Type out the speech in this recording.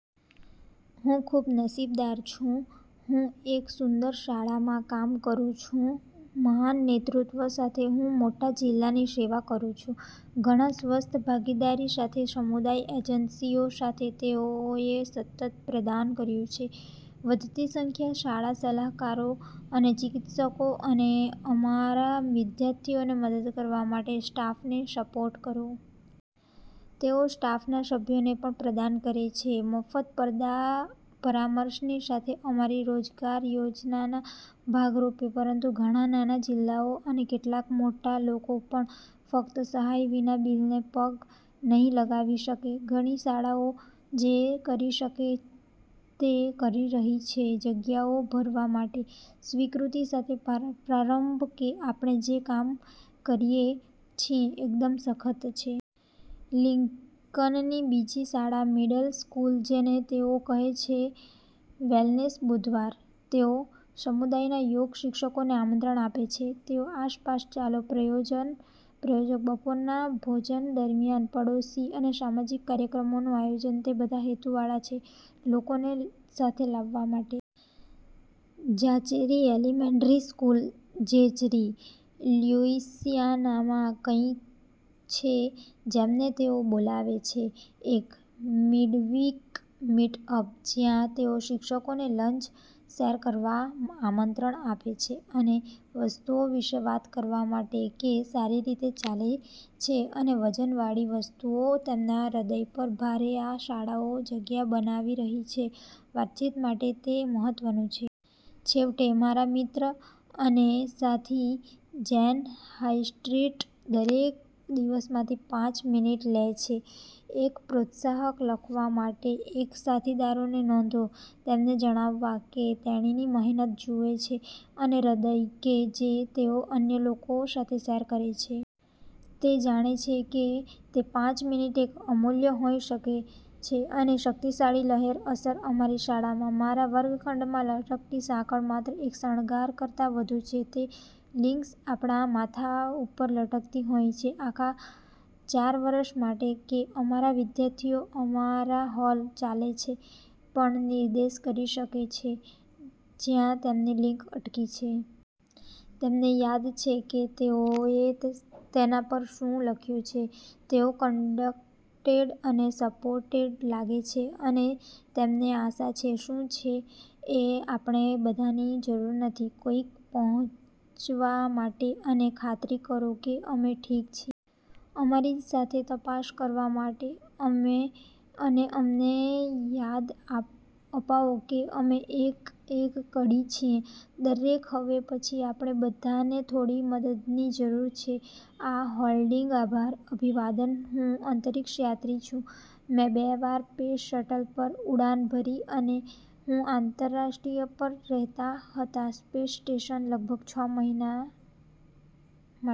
હું ખૂબ નસીબદાર છું. હું એક સુંદર શાળામાં કામ કરું છું મહાન નેતૃત્વ સાથે. હું મોટા જિલ્લાની સેવા કરું છું. ઘણા સ્વસ્થ ભાગીદારી સાથે સમુદાય એજન્સીઓ સાથે તેઓએ સતત પ્રદાન કર્યું છે. વધતી સંખ્યા શાળા સલાહકારો અને ચિકિત્સકો અને અમારા વિદ્યાર્થીઓને મદદ કરવા માટે સ્ટાફને સપોર્ટ કરો. તેઓ સ્ટાફના સભ્યોને પણ પ્રદાન કરે છે મફત પરામર્શની સાથે અમારી રોજગાર યોજનાના ભાગ રૂપે, પરંતુ ઘણા નાના જિલ્લાઓ અને કેટલાક મોટા લોકો પણ ફક્ત સહાય વિના બિલને પગ નહીં લગાવી શકે. ઘણી શાળાઓ જે કરી શકે તે કરી રહી છે જગ્યાઓ ભરવા માટે, સ્વીકૃતિ સાથે પ્રારંભ કે આપણે જે કામ કરીએ છીએ એકદમ સખત છે. લિંકનની બીજી શાળા મિડલ સ્કૂલ, જેને તેઓ કહે છે "વેલનેસ બુધવાર. " તેઓ સમુદાયના યોગ શિક્ષકોને આમંત્રણ આપે છે, તેઓ આસપાસ ચાલો પ્રાયોજક બપોરના ભોજન દરમિયાન પડોશી અને સામાજિક કાર્યક્રમોનું આયોજન તે બધા હેતુવાળા છે લોકોને સાથે લાવવા માટે. ઝાચેરી એલિમેન્ટરી સ્કૂલ ઝેચરી, લ્યુઇસિયાનામાં, કંઈક છે જેમને તેઓ બોલાવે છે એક "મિડવીક મીટઅપ," જ્યાં તેઓ શિક્ષકોને લંચ શેર કરવા આમંત્રણ આપે છે અને વસ્તુઓ વિશે વાત કરવા માટે કે સારી રીતે ચાલે છે અને વજનવાળી વસ્તુઓ તેમના હૃદય પર ભારે આ શાળાઓ જગ્યા બનાવી રહી છે વાતચીત માટે તે મહત્વનું છે. છેવટે, મારા મિત્ર અને સાથી જેન હાઇસ્ટ્રીટ દરેક દિવસમાંથી પાંચ મિનિટ લે છે, એક પ્રોત્સાહક લખવા માટે એક સાથીદારને નોંધો, તેમને જણાવવા કે તેણીની મહેનત જુએ છે અને હૃદય કે જે તેઓ અન્ય લોકો સાથે શેર કરે છે. તે જાણે છે કે તે પાંચ મિનિટ એક અમૂલ્ય હોઈ શકે છે અને શક્તિશાળી લહેર અસર અમારી શાળામાં. મારા વર્ગખંડમાં લટકતી સાંકળ માત્ર એક શણગાર કરતાં વધુ છે. તે લિંક્સ આપણા માથા ઉપર લટકતી હોય છે આખા ચાર વર્ષ માટે કે અમારા વિદ્યાર્થીઓ અમારા હોલ ચાલે છે, પણ નિર્દેશ કરી શકે છે જ્યાં તેમની લિંક અટકી છે. તેમને યાદ છે કે તેઓએ તેના પર શું લખ્યું છે. તેઓ કનેક્ટેડ અને સપોર્ટેડ લાગે છે અને તેમને આશા છે. શું એ આપણને બધાની જરૂર નથી? કોઈક પહોંચવા માટે અને ખાતરી કરો કે અમે ઠીક છીએ. અમારી સાથે તપાસ કરવા માટે અને અમને યાદ અપાવો કે અમે એક કડી છીએ. દરેક હવે પછી, આપણે બધાને થોડી મદદની જરૂર છે આ હોલ્ડિંગ. આભાર. અભિવાદન હું અંતરિક્ષયાત્રી છું. મેં બે વાર પેસ શટલ પર ઉડાન ભરી અને હું આંતરરાષ્ટ્રીય પર રહેતા હતા સ્પેસ સ્ટેશન લગભગ છ મહિના માટે.